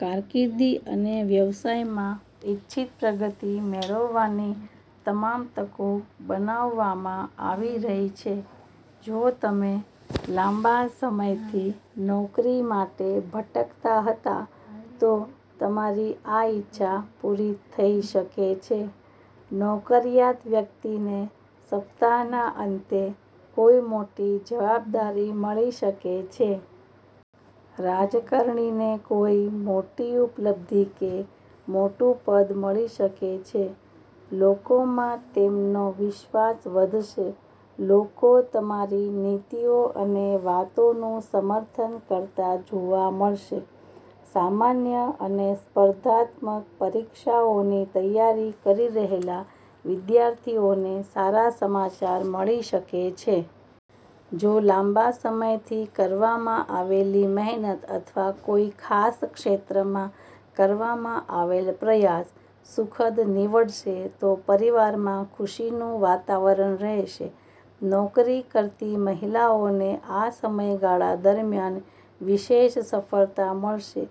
કારકિર્દી અને વ્યવસાયમાં ઇચ્છિત પ્રગતિ મેળવવાની તમામ તકો બનાવવામાં આવી રહી છે. જો તમે લાંબા સમયથી નોકરી માટે ભટકતા હતા, તો તમારી આ ઈચ્છા પૂરી થઈ શકે છે. નોકરીયાત વ્યક્તિને સપ્તાહના અંતે કોઈ મોટી જવાબદારી મળી શકે છે. રાજકારણીને કોઈ મોટી ઉપલબ્ધિ કે મોટું પદ મળી શકે છે. લોકોમાં તેમનો વિશ્વાસ વધશે. લોકો તમારી નીતિઓ અને વાતોનું સમર્થન કરતા જોવા મળશે. સામાન્ય અને સ્પર્ધાત્મક પરીક્ષાઓની તૈયારી કરી રહેલા વિદ્યાર્થીઓને સારા સમાચાર મળી શકે છે. જો લાંબા સમયથી કરવામાં આવેલી મહેનત અથવા કોઈ ખાસ ક્ષેત્રમાં કરવામાં આવેલ પ્રયાસ સુખદ નીવડશે તો પરિવારમાં ખુશીનું વાતાવરણ રહેશે. નોકરી કરતી મહિલાઓને આ સમયગાળા દરમિયાન વિશેષ સફળતા મળશે.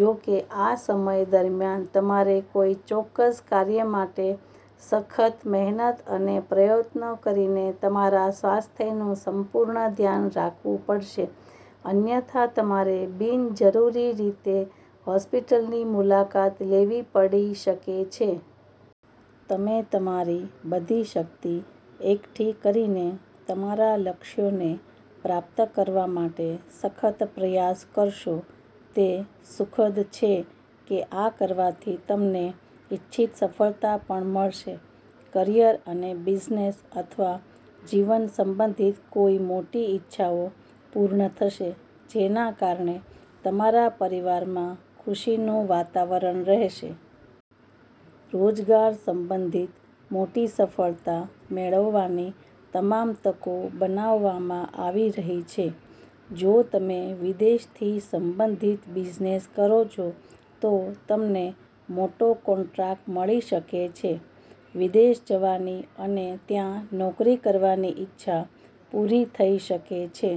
જો કે, આ સમય દરમિયાન તમારે કોઈ ચોક્કસ કાર્ય માટે સખત મહેનત અને પ્રયત્નો કરીને તમારા સ્વાસ્થ્યનું સંપૂર્ણ ધ્યાન રાખવું પડશે, અન્યથા તમારે બિનજરૂરી રીતે હોસ્પિટલની મુલાકાત લેવી પડી શકે છે. તમે તમારી બધી શક્તિ એકઠી કરીને તમારા લક્ષ્યોને પ્રાપ્ત કરવા માટે સખત પ્રયાસ કરશો. તે સુખદ છે કે આ કરવાથી તમને ઇચ્છિત સફળતા પણ મળશે. કરિયર અને બિઝનેસ અથવા જીવન સંબંધિત કોઈ મોટી ઈચ્છાઓ પૂર્ણ થશે, જેના કારણે તમારા પરિવારમાં ખુશીનું વાતાવરણ રહેશે. રોજગાર સંબંધિત મોટી સફળતા મેળવવાની તમામ તકો બનાવવામાં આવી રહી છે. જો તમે વિદેશથી સંબંધિત બિઝનેસ કરો છો, તો તમને મોટો કોન્ટ્રાક્ટ મળી શકે છે. વિદેશ જવાની અને ત્યાં નોકરી કરવાની ઈચ્છા પૂરી થઈ શકે છે.